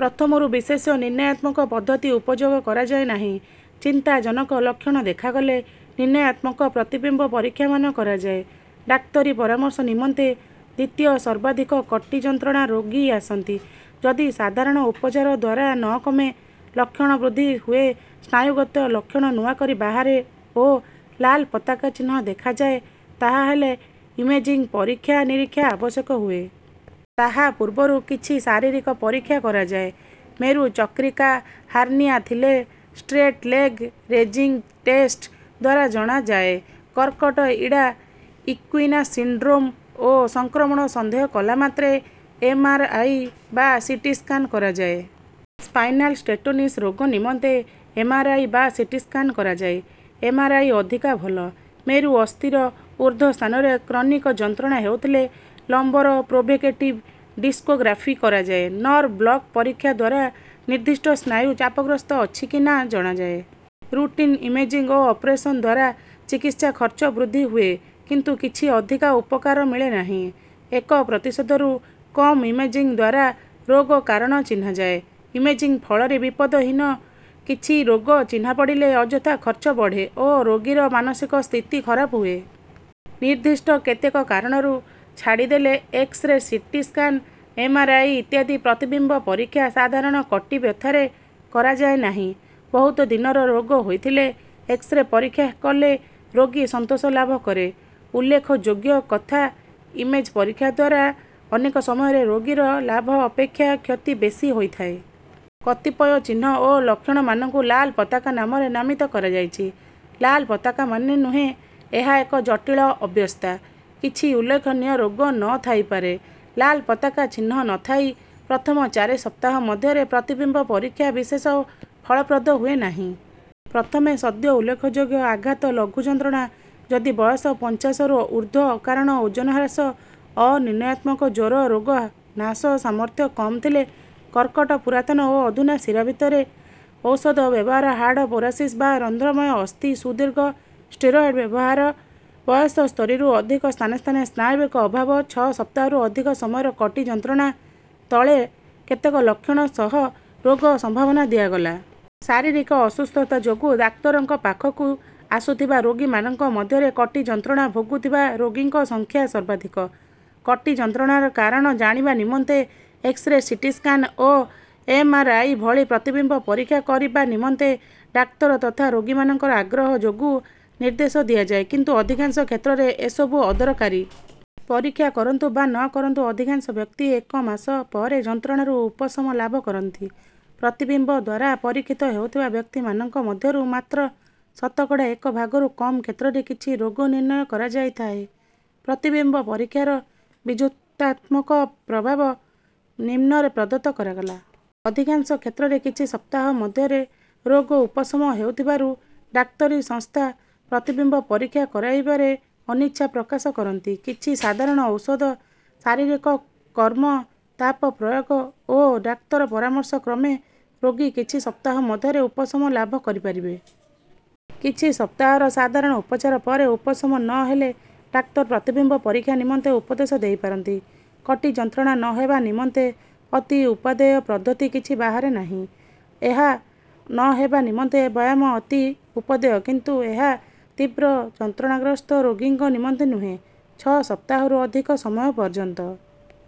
ପ୍ରଥମରୁ ବିଶେଷ ନିର୍ଣ୍ଣୟାତ୍ମକ ପଦ୍ଧତି ଉପଯୋଗ କରାଯାଏ ନାହିଁ। ଚିନ୍ତାଜନକ ଲକ୍ଷଣ ଦେଖାଗଲେ ନିର୍ଣ୍ଣୟାତ୍ମକ ପ୍ରତିବିମ୍ବ ପରୀକ୍ଷାମାନ କରାଯାଏ। ଡାକ୍ତରୀ ପରାମର୍ଶ ନିମନ୍ତେ ଦ୍ୱିତୀୟ ସର୍ବାଧିକ କଟି ଯନ୍ତ୍ରଣା ରୋଗୀ ଆସନ୍ତି। ଯଦି ସାଧାରଣ ଉପଚାର ଦ୍ୱାରା ନ କମେ ଲକ୍ଷଣ ବୃଦ୍ଧି ହୁଏ ସ୍ନାୟୁଗତ ଲକ୍ଷଣ ନୂଆ କରି ବାହାରେ ଓ ଲାଲ ପତାକା ଚିହ୍ନ ଦେଖାଯାଏ ତାହାହେଲେ ଇମେଜିଙ୍ଗ ପରୀକ୍ଷା ନିରୀକ୍ଷା ଆବଶ୍ୟକ ହୁଏ। ତାହା ପୂର୍ବରୁ କିଛି ଶାରୀରିକ ପରୀକ୍ଷା କରାଯାଏ। ମେରୁ ଚକ୍ରିକା ହାର୍ନିଆ ଥିଲେ ଷ୍ଟ୍ରେଟ ଲେଗ ରେଜିଙ୍ଗ ଟେଷ୍ଟ ଦ୍ୱାରା ଜଣାଯାଏ। କର୍କଟ ଇଡା ଇକ୍ୱିନା ସିଣ୍ଡ୍ରୋମ ଓ ସଂକ୍ରମଣ ସନ୍ଦେହ କଲା ମାତ୍ରେ ଏମ ଆର ଆଇ ବା ସି ଟି ସ୍କାନ କରାଯାଏ। ସ୍ପାଇନାଲ ଷ୍ଟେଟୋନିସ ରୋଗ ନିମନ୍ତେ ଏମ ଆର ଆଇ ବା ସି ଟି ସ୍କାନ କରାଯାଏ ଏମ ଆର ଆଇ ଅଧିକା ଭଲ। ମେରୁ ଅସ୍ଥିର ଉର୍ଦ୍ଧ୍ୱ ସ୍ଥାନରେ କ୍ରନିକ ଯନ୍ତ୍ରଣା ହେଉଥିଲେ ଲମ୍ବର ପ୍ରୋଭୋକେଟିଭ ଡିସ୍କୋଗ୍ରାଫି କରାଯାଏ। ନର୍ଭ ବ୍ଲକ ପରୀକ୍ଷା ଦ୍ୱାରା ନିର୍ଦ୍ଦିଷ୍ଟ ସ୍ନାୟୁ ଚାପଗ୍ରସ୍ତ ଅଛି କି ନା ଜଣାଯାଏ। ରୁଟିନ ଇମେଜିଙ୍ଗ ଓ ଅପରେସନ ଦ୍ୱାରା ଚିକିତ୍ସା ଖର୍ଚ୍ଚ ବୃଦ୍ଧି ହୁଏ କିନ୍ତୁ କିଛି ଅଧିକା ଉପକାର ମିଳେ ନାହିଁ। ଏକ ପ୍ରତିଶତରୁ କମ ଇମେଜିଙ୍ଗ ଦ୍ୱାରା ରୋଗ କାରଣ ଚିହ୍ନାଯାଏ। ଇମେଜିଙ୍ଗ ଫଳରେ ବିପଦହୀନ କିଛି ରୋଗ ଚିହ୍ନା ପଡ଼ିଲେ ଅଯଥା ଖର୍ଚ୍ଚ ବଢ଼େ ଓ ରୋଗୀର ମାନସିକ ସ୍ଥିତି ଖରାପ ହୁଏ। ନିର୍ଦ୍ଦିଷ୍ଟ କେତେକ କାରଣକୁ ଛାଡ଼ିଦେଲେ X-ray CT scan M R I ଇତ୍ୟାଦି ପ୍ରତିବିମ୍ବ ପରୀକ୍ଷା ସାଧାରଣ କଟି ବ୍ୟଥାରେ କରାଯାଏ ନାହିଁ। ବହୁତ ଦିନର ରୋଗ ହୋଇଥିଲେ ଏକ୍ସରେ ପରୀକ୍ଷା କଲେ ରୋଗୀ ସନ୍ତୋଷ ଲାଭ କରେ। ଉଲ୍ଲେଖଯୋଗ୍ୟ କଥା ଇମେଜ ପରୀକ୍ଷା ଦ୍ୱାରା ଅନେକ ସମୟରେ ରୋଗୀର ଲାଭ ଅପେକ୍ଷା କ୍ଷତି ବେଶୀ ହୋଇଥାଏ। କତିପୟ ଚିହ୍ନ ଓ ଲକ୍ଷଣମାନଙ୍କୁ ଲାଲ ପତାକା ନାମରେ ନାମିତ କରାଯାଇଛି। ଲାଲ ପତାକା ମାନେ ନୁହେଁ ଏହା ଏକ ଜଟିଳ ଅବସ୍ଥା। କିଛି ଉଲ୍ଲେଖନୀୟ ରୋଗ ନ ଥାଇପାରେ। ଲାଲ ପତାକା ଚିହ୍ନ ନ ଥାଇ ପ୍ରଥମ ଚାରି ସପ୍ତାହ ମଧ୍ୟରେ ପ୍ରତିବିମ୍ବ ପରୀକ୍ଷା ବିଶେଷ ଫଳପ୍ରଦ ହୁଏ ନାହିଁ। ପ୍ରଥମେ ସଦ୍ୟ ଉଲ୍ଲେଖଯୋଗ୍ୟ ଆଘାତ ଲଘୁ ଯନ୍ତ୍ରଣା ଯଦି ବୟସ ପଞ୍ଚାଶରୁ ଉର୍ଦ୍ଧ୍ୱ ଅକାରଣ ଓଜନ ହ୍ରାସ ଅନିର୍ଣ୍ଣୟାତ୍ମକ ଜ୍ୱର ରୋଗ ନାଶ ସାମର୍ଥ୍ୟ କମ ଥିଲେ କର୍କଟ ପୁରାତନ ଓ ଅଧୁନା ଶିରା ଭିତର ଔଷଧ ବ୍ୟବହାର ହାଡ଼ ପୋରୋସିସ ବା ରନ୍ଧ୍ରମୟ ଅସ୍ଥି ସୁଦୀର୍ଘ ଷ୍ଟିରଏଡ ବ୍ୟବହାର ବୟସ ସ୍ତରୀରୁ ଅଧିକ ସ୍ଥାନେ ସ୍ଥାନେ ସ୍ନାୟବିକ ଅଭାବ ଛଅ ସପ୍ତାହରୁ ଅଧିକ ସମୟର କଟି ଯନ୍ତ୍ରଣା ତଳେ କେତେକ ଲକ୍ଷଣ ସହ ରୋଗ ସମ୍ଭାବନା ଦିଆଗଲା। ଶାରୀରିକ ଅସୁସ୍ଥତା ଯୋଗୁଁ ଡାକ୍ତରଙ୍କ ପାଖକୁ ଆସୁଥିବା ରୋଗୀମାନଙ୍କ ମଧ୍ୟରେ କଟି ଯନ୍ତ୍ରଣା ଭୋଗୁଥିବା ରୋଗୀଙ୍କ ସଂଖ୍ୟା ସର୍ବାଧିକ। କଟି ଯନ୍ତ୍ରଣାର କାରଣ ଜାଣିବା ନିମନ୍ତେ ଏକ୍ସରେ ସିଟି ସ୍କାନ ଓ ଏମ ଆର ଆଇ ଭଳି ପ୍ରତିବିମ୍ବ ପରୀକ୍ଷା କରିବା ନିମନ୍ତେ ଡାକ୍ତର ତଥା ରୋଗୀମାନଙ୍କର ଆଗ୍ରହ ଯୋଗୁଁ ନିର୍ଦ୍ଦେଶ ଦିଆଯାଏ କିନ୍ତୁ ଅଧିକାଂଶ କ୍ଷେତ୍ରରେ ଏସବୁ ଅଦରକାରୀ। ପରୀକ୍ଷା କରନ୍ତୁ ବା ନ କରନ୍ତୁ ଅଧିକାଂଶ ବ୍ୟକ୍ତି ଏକ ମାସ ପରେ ଯନ୍ତ୍ରଣାରୁ ଉପଶମ ଲାଭ କରନ୍ତି। ପ୍ରତିବିମ୍ବ ଦ୍ୱାରା ପରୀକ୍ଷିତ ହେଉଥିବା ବ୍ୟକ୍ତିମାନଙ୍କ ମଧ୍ୟରୁ ମାତ୍ର ଶତକଡ଼ା ଏକ ଭାଗରୁ କମ କ୍ଷେତ୍ରରେ କିଛି ରୋଗ ନିର୍ଣ୍ଣୟ କରାଯାଇଥାଏ। ପ୍ରତିବିମ୍ବ ପରୀକ୍ଷାର ବିଯୁକ୍ତାତ୍ମକ ପ୍ରଭାବ ନିମ୍ନରେ ପ୍ରଦତ୍ତ କରାଗଲା। ଅଧିକାଂଶ କ୍ଷେତ୍ରରେ କିଛି ସପ୍ତାହ ମଧ୍ୟରେ ରୋଗ ଉପଶମ ହେଉଥିବାରୁ ଡାକ୍ତରୀ ସଂସ୍ଥା ପ୍ରତିବିମ୍ବ ପରୀକ୍ଷା କରାଇବାରେ ଅନିଚ୍ଛା ପ୍ରକାଶ କରନ୍ତି। କିଛି ସାଧାରଣ ଔଷଧ ଶାରୀରିକ କର୍ମ ତାପ ପ୍ରୟୋଗ ଓ ଡାକ୍ତର ପରାମର୍ଶକ୍ରମେ ରୋଗୀ କିଛି ସପ୍ତାହ ମଧ୍ୟରେ ଉପଶମ ଲାଭ କରିପାରିବେ। କିଛି ସପ୍ତାହର ସାଧାରଣ ଉପଚାର ପରେ ଉପଶମ ନ ହେଲେ ଡାକ୍ତର ପ୍ରତିବିମ୍ବ ପରୀକ୍ଷା ନିମନ୍ତେ ଉପଦେଶ ଦେଇପାରନ୍ତି। କଟି ଯନ୍ତ୍ରଣା ନ ହେବା ନିମନ୍ତେ ଅତି ଉପାଦେୟ ପଦ୍ଧତି କିଛି ବାହାରି ନାହିଁ। ଏହା ନ ହେବା ନିମନ୍ତେ ବ୍ୟାୟାମ ଅତି ଉପାଦେୟ କିନ୍ତୁ ଏହା ତୀବ୍ର ଯନ୍ତ୍ରଣାଗ୍ରସ୍ତ ରୋଗୀଙ୍କ ନିମନ୍ତେ ନୁହେଁ। ଛଅ ସପ୍ତାହରୁ ଅଧିକ ସମୟ ପର୍ଯ୍ୟନ୍ତ